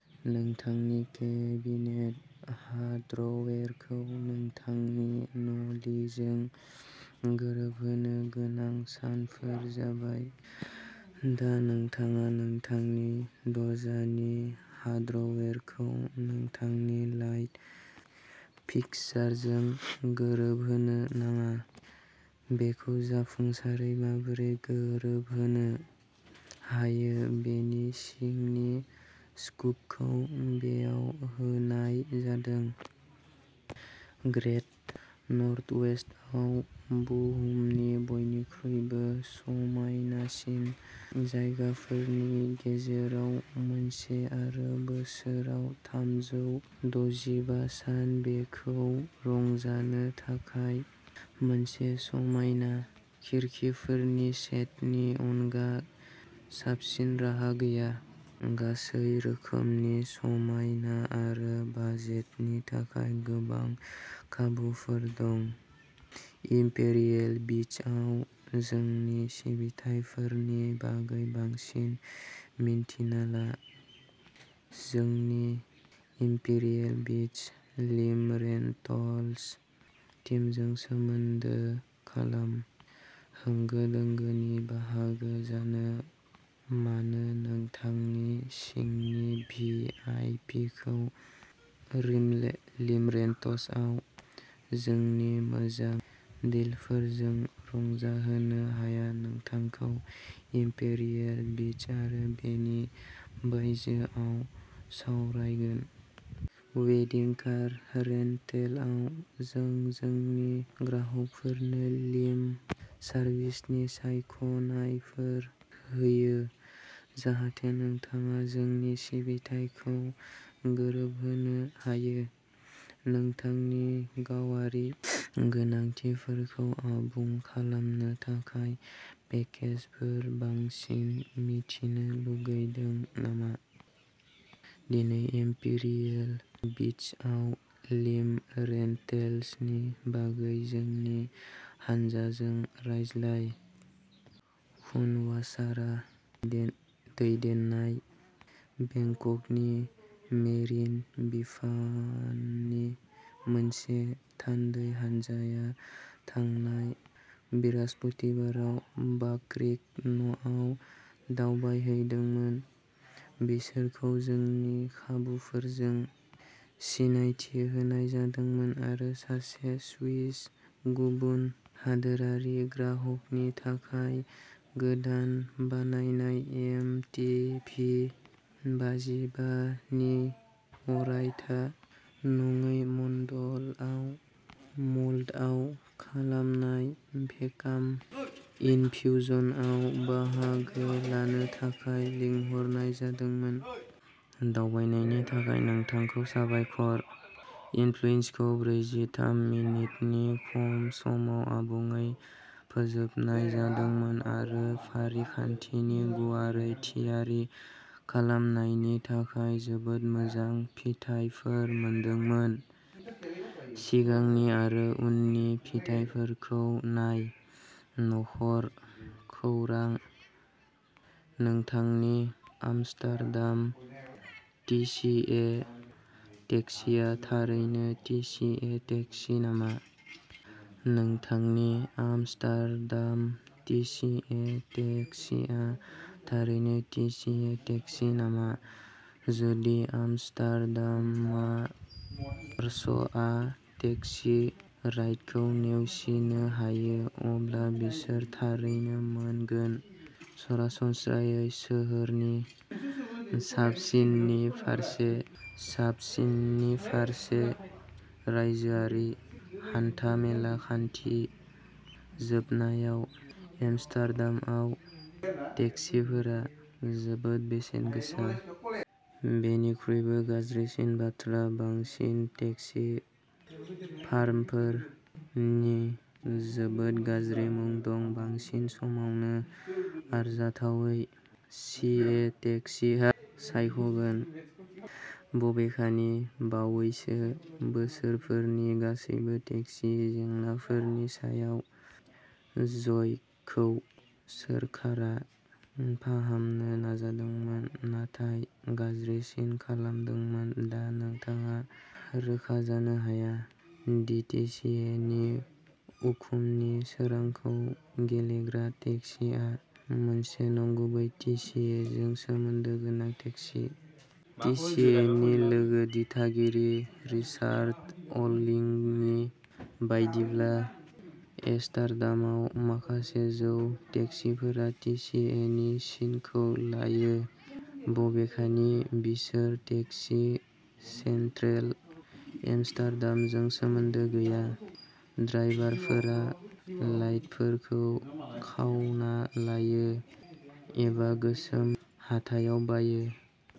नोंथांनि केबिनेट हार्डवेरखौ नोंथांनि नलिजों गोरोबहोनो गोनां सानफोर जाबाय। दा नोंथाङा नोंथांनि दरजानि हार्डवेरखौ नोंथांनि लाइट फिक्सचारजों गोरोबहोनो नाङा। बेखौ जाफुंसारै माबोरै गोरोबहोनो हायो बेनि सिंनि स्कुपखौ बेयाव होनाय जादों। ग्रेट नर्थवेस्टआ बुहुमनि बयनिख्रुइबो समायनासिन जायगाफोरनि गेजेराव मोनसे आरो बोसोराव थामजौ दजिबा सान बेखौ रंजानो थाखाय मोनसे समायना खिरखिफोरनि सेटनि अनगा साबसिन राहा गैया। गासै रोखोमनि समायना आरो बाजेटनि थाखाय गोबां खाबुफोर दं। इम्पेरियेल बीचआव जोंनि सिबिथाइफोरनि बागै बांसिन मिन्थिना ला। जोंनि इम्पेरियेल बीच लिम'रेन्टल्स टीमजों सोमोन्दो खालाम। होंगो दोंगोनि बाहागो जानो मानो नोंथांनि सिंनि भि आइ पि खौ लिम'रे लिम'रेन्टल्सआव जोंनि मोजां डिलफोरजों रंजाहोनो हाया नोंथांखौ इम्पेरियेल बीच आरो बेनि बायजोआव सावरायगोन। वेडिं कार रेन्टेलआव जों जोंनि ग्राहकफोरनो लिम' सार्भिसनि सायख'नायफोर होयो, जाहाथे नोंथाङा जोंनि सिबिथाइखौ गोरोबहोनो हायो। नोंथांनि गावारि गोनांथिफोरखौ आबुं खालामनो थाखाय पेकेजफोर। बांसिन मिथिनो लुगैदों नामा? दिनै इम्पेरियेल बीचआव लिम'रेन्टेल्सनि बागै जोंनि हानजाजों रायज्लाय। खुन वाचारा दे दैदेननाय बेंककनि मेरिन बिफाननि मोनसे थान्दै हान्जाया थांनाय बृहस्पतिबाराव बाक्रिक न'आव दावबायहैदोंमोन। बिसोरखौ जोंनि खाबुफोरजों सिनायथि होनाय जादोंमोन आरो सासे स्विस गुबुन हादोरारि ग्राहकनि थाखाय गोदान बानायनाय एम टि भि बाजिबा नि अरायथा नङै मल्डआव खालामनाय भेकाम इनफ्युजनआव बाहागो लानो थाखाय लिंहरनाय जादोंमोन। दावबायनायनि थाखाय नोंथांखौ साबायखर। इनफ्युजनखौ ब्रैजिथाम मिनिटनि खम समाव आबुङै फोजोबनाय जादोंमोन आरो फारिखान्थिनि गुवारै थियारि खालामनायनि थाखाय जोबोद मोजां फिथायफोर मोनदोंमोन। सिगांनि आरो उननि फिथायफोरखौ नाय। न'खर। खौरां। नोंथांनि आमस्टारडाम टि सि ए टेक्सीआ थारैनो टि सि ए टेक्सी नामा? नोंथांनि आमस्टारडाम टि सि ए टेक्सीआ थारैनो टि सि ए टेक्सी नामा? जुदि आमस्टारडामार्सआ टेक्सी राइडखौ नेवसिनो हायो, अब्ला बिसोरो थारैनो मोनगोन सरासनस्रायै सोहोरनि साबसिननि फारसे साबसिननि फारसे। रायजोआरि हान्था-मेला खान्थि। जोबनायाव, एम्स्टार्डामआव टेक्सिफोरा जोबोद बेसेन गोसा। बेनिख्रुइबो गाज्रिसिन बाथ्रा, बांसिन टेक्सि फार्मफोर नि जोबोद गाज्रि मुं दं बांसिन समावनो, आरजाथावै। सि ए टेक्सि सायख'गोन।। बबेखानि, बावैसो बोसोरफोरनि गासैबो टेक्सि जेंनाफोरनि सायाव जायखौ सोरखारा फाहामनो नाजादोंमोन नाथाय गाज्रिसिन खालामदोंमोन दा नोंथाङा रोखा जानो हाया डि टि सि ए नि उखुमनि सोरांखौ गेलेग्रा टेक्सिआ मोनसे नंगुबै टि सि ए जों सोमोन्दो गोनां टेक्सि। टि सि ए नि लोगो दिथागिरि रिचार्ड अलिंनि बायदिब्ला, एम्स्टार्डामाव माखासे जौ टेक्सिफोरा टि सि ए नि सिनखौ लायो, बबेखानि बिसोर टेक्सि सेन्ट्रेल एम्स्टार्डामजों सोमोन्दो गैया। ड्राइभारफोरा लाइटफोरखौ खावना लायो, एबा गोसोम हाथायाव बाइयो।